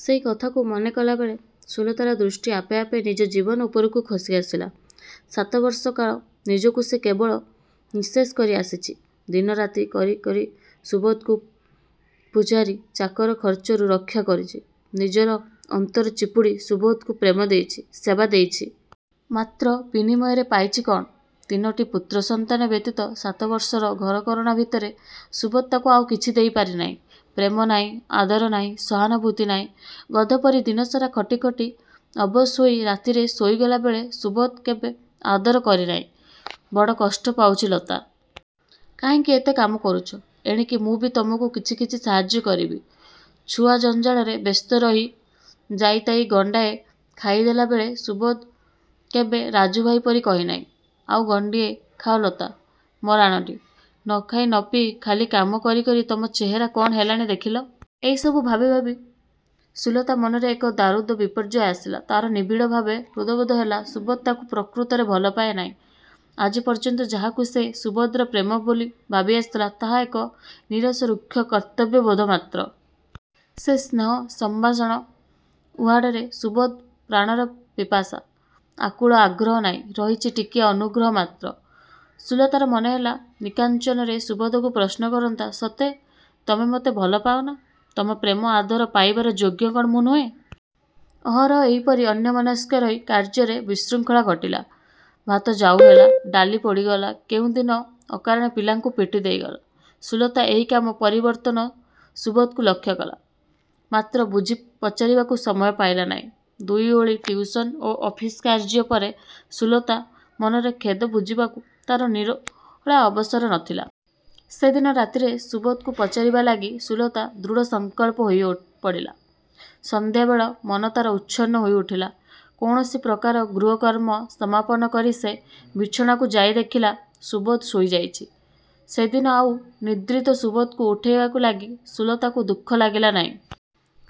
ସେଇ କଥାକୁ ମନେ କଲାବେଳେ ସୁଲତାର ଦୃଷ୍ଟି ଆପେ ଆପେ ନିଜ ଜୀବନ ଉପରକୁ ଖସି ଆସିଲା, ସାତବର୍ଷ କାଳ ନିଜକୁ ସେ କେବଳ ନିଃଶେଷ କରି ଆସିଚି। ଦିନରାତି କରି କରି ସୁବୋଧକୁ ପୁଝାରୀ ଚାକର ଖର୍ଚ୍ଚରୁ ରକ୍ଷା କରିଚି। ନିଜର ଅନ୍ତର ଚିପୁଡ଼ି ସୁବୋଧକୁ ପ୍ରେମ ଦେଇଛି, ସେବା ଦେଇଛି। ମାତ୍ର ବିନିମୟରେ ପାଇଛି କ'ଣ? ତିନୋଟି ପୁତ୍ରସନ୍ତାନ ବ୍ୟତୀତ ସାତବର୍ଷର ଘରକରଣା ଭିତରେ ସୁବୋଧ ତାକୁ ଆଉ କିଛି ଦେଇ ପାରିନାହିଁ। ପ୍ରେମ ନାହିଁ, ଆଦର ନାହିଁ, ସହାନୁଭୂତି ନାହିଁ। ଗଧ ପରି ଦିନସାରା ଖଟି ଖଟି ଅବଶୋଇ ହୋଇ ରାତିରେ ଶୋଇଗଲା ବେଳେ ସୁବୋଧ କେବେ ଆଦର କରି କହିନାହିଁ, "ବଡ଼ କଷ୍ଟ ପାଉଚ ଲତା। କାହିଁକି ଏତେ କାମ କରୁଚ? ଏଣିକି ମୁଁ ବି ତମକୁ କିଛି କିଛି ସାହାଯ୍ୟ କରିବି। "ଛୁଆ ଜଞ୍ଜାଳରେ ବ୍ୟସ୍ତ ରହି ଯାଇତାଇ ଗଣ୍ଡାଏ ଖାଇଦେଲା ବେଳେ ସୁବୋଧ କେବେ ରାଜୁଭାଇ ପରି କହିନାହିଁ, "ଆଉ ଗଣ୍ଡିଏ ଖାଅ ଲତା, ମୋ' ରାଣଟି। ନଖାଇ ନପିଇ ଖାଲି କାମ କରି କରି ତମ ଚେହେରା କ'ଣ ହେଲାଣି ଦେଖିଲ। "ଏଇସବୁ ଭାବି ଭାବି ସୁଲତାର ମନରେ ଏକ ଦାରୁଣ ବିପର୍ଯ୍ୟୟ ଆସିଲା। ତାର ନିବିଡ଼ ଭାବେ ହୃଦବୋଧ ହେଲା, ସୁବୋଧ ତାକୁ ପ୍ରକୃତରେ ଭଲପାଏ ନାହିଁ। ଆଜି ପର୍ଯ୍ୟନ୍ତ ଯାହାକୁ ସେ ସୁବୋଧର ପ୍ରେମ ବୋଲି ଭାବି ଆସିଥିଲା ତାହା ଏକ ନୀରସ ରୁକ୍ଷ କର୍ତ୍ତବ୍ୟବୋଧ ମାତ୍ର। ସେ ସ୍ନେହ ସମ୍ଭାଷଣ ଉହାଡ଼ରେ ସୁବୋଧ ପ୍ରାଣର ପିପାସା, ଆକୁଳ ଆଗ୍ରହ ନାହିଁ। ରହିଚି ଟିକିଏ ଅନୁଗ୍ରହ ମାତ୍ର। ସୁଲତାର ମନେହେଲା ନିକାଞ୍ଚନରେ ସୁବୋଧକୁ ପ୍ରଶ୍ନ କରନ୍ତା, "ସତେ ତମେ ମତେ ଭଲ ପାଅନା? ତମ ପ୍ରେମ ଆଦର ପାଇବାର ଯୋଗ୍ୟ କ'ଣ ମୁଁ ନୁହେଁ?" ଅହରହ ଏଇପରି ଅନ୍ୟମନସ୍କ ରହି କାର୍ଯ୍ୟରେ ବିଶୃଙ୍ଖଳା ଘଟିଲା। ଭାତ ଜାଉ ହେଲା, ଡାଲି ପୋଡ଼ିଗଲା। କେଉଁଦିନ ଅକାରଣରେ ପିଲାଙ୍କୁ ପିଟି ଦେଇଗଲା। ସୁଲତାର ଏହି କାମ ପରିବର୍ତ୍ତନକୁ ସୁବୋଧ ଲକ୍ଷ୍ୟକଲା। ମାତ୍ର ବୁଝି ପଚାରିବାକୁ ସମୟ ପାଇଲା ନାହିଁ। ଦୁଇ ଓଳି ଟିଉସନ ଓ ଅଫିସ କାର୍ଯ୍ୟ ପରେ ସୁଲତା ମନର ଖେଦ ବୁଝିବାକୁ ତାର ନିରୋଳା ଅବସର ନଥିଲା। ସେଦିନ ରାତିରେ ସୁବୋଧକୁ ପଚାରିବା ଲାଗି ସୁଲତା ଦୃଢ଼ସଂକଳ୍ପ ହୋଇ ପଡ଼ିଲା। ସନ୍ଧ୍ୟା ବେଳୁ ମନ ତାର ଉଚ୍ଛନ୍ନ ହୋଇଉଠିଲା। କୌଣସି ପ୍ରକାର ଗୃହ କର୍ମ ସମାପନ କରି ସେ ବିଛଣାକୁ ଯାଇ ଦେଖିଲା, ସୁବୋଧ ଶୋଇଯାଇଚି। ସେଦିନ ଆଉ ନିଦ୍ରିତ ସୁବୋଧକୁ ଉଠାଇବା ଲାଗି ସୁଲତାକୁ ଦୁଃଖ ଲାଗିଲା ନାହିଁ।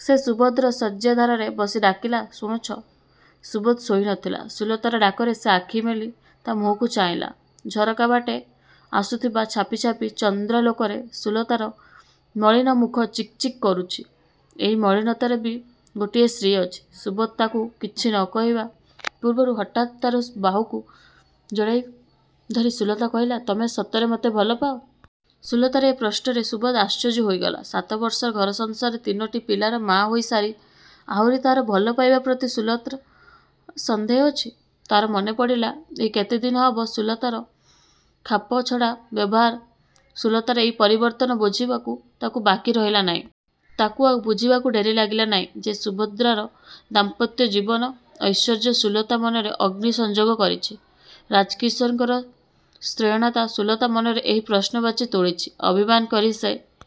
ସେ ସୁବୋଧର ଶଯ୍ୟାଧାରରେ ବସି ଡାକିଲା, "ଶୁଣୁଚ?"ସୁବୋଧ ଶୋଇନଥିଲା। ସୁଲତାର ଡାକରେ ସେ ଆଖିମେଲି ତା ମୁହଁକୁ ଚାହିଁଲା। ଝରକାବାଟେ ଆସୁଥିବା ଛାପିଛାପି ଚନ୍ଦ୍ରାଲୋକରେ ସୁଲତାର ମଳିନ ମୁଖ ଚିକ୍‌ଚିକ୍ କରୁଚି। ଏଇ ମଳିନତାର ବି ଗୋଟିଏ ଶ୍ରୀ ଅଛି। ସୁବୋଧ ତାକୁ କିଛି ନ କହିବା ପୂର୍ବରୁ ହଠାତ୍ ତାର ବାହୁକୁ ଜଡ଼ାଇ ଧରି ସୁଲତା କହିଲା, "ତମେ ସତରେ ମତେ ଭଲପାଅ?" ସୁଲତାର ଏ ପ୍ରଶ୍ନରେ ସୁବୋଧ ଆଶ୍ଚର୍ଯ୍ୟ ହୋଇଗଲା। ସାତବର୍ଷର ଘର ସଂସାରରେ ତିନୋଟି ପିଲାର ମାଆ ହୋଇ ସାରି ଆହୁରି ତାର ଭଲପାଇବା ପ୍ରତି ସୁଲତାର ସନ୍ଦେହ ଅଛି? ତାର ମନେପଡ଼ିଲା ଏଇ କେତେଦିନ ହେବ ସୁଲତାର ଖାପଛଡ଼ା ବ୍ୟବହାର। ସୁଲତାର ଏଇ ପରିବର୍ତ୍ତନ ବୁଝିବାକୁ ତାକୁ ବାକି ରହିଲା ନାହିଁ। ତାକୁ ଆଉ ବୁଝିବାକୁ ଡେରି ଲାଗିଲାନାହିଁ, ଯେ ସୁଭଦ୍ରାର ଦାମ୍ପତ୍ୟ ଜୀବନ, ଐଶ୍ଵର୍ଯ୍ୟ ସୁଲତା ମନରେ ଅଗ୍ନି ସଂଯୋଗ କରିଛି। ରାଜକିଶୋରଙ୍କର ସ୍ତ୍ରୈଣତା ସୁଲତା ମନରେ ଏହି ପ୍ରଶ୍ନବାଚୀ ତୋଳିଚି, ଅଭିମାନ କରି ସେ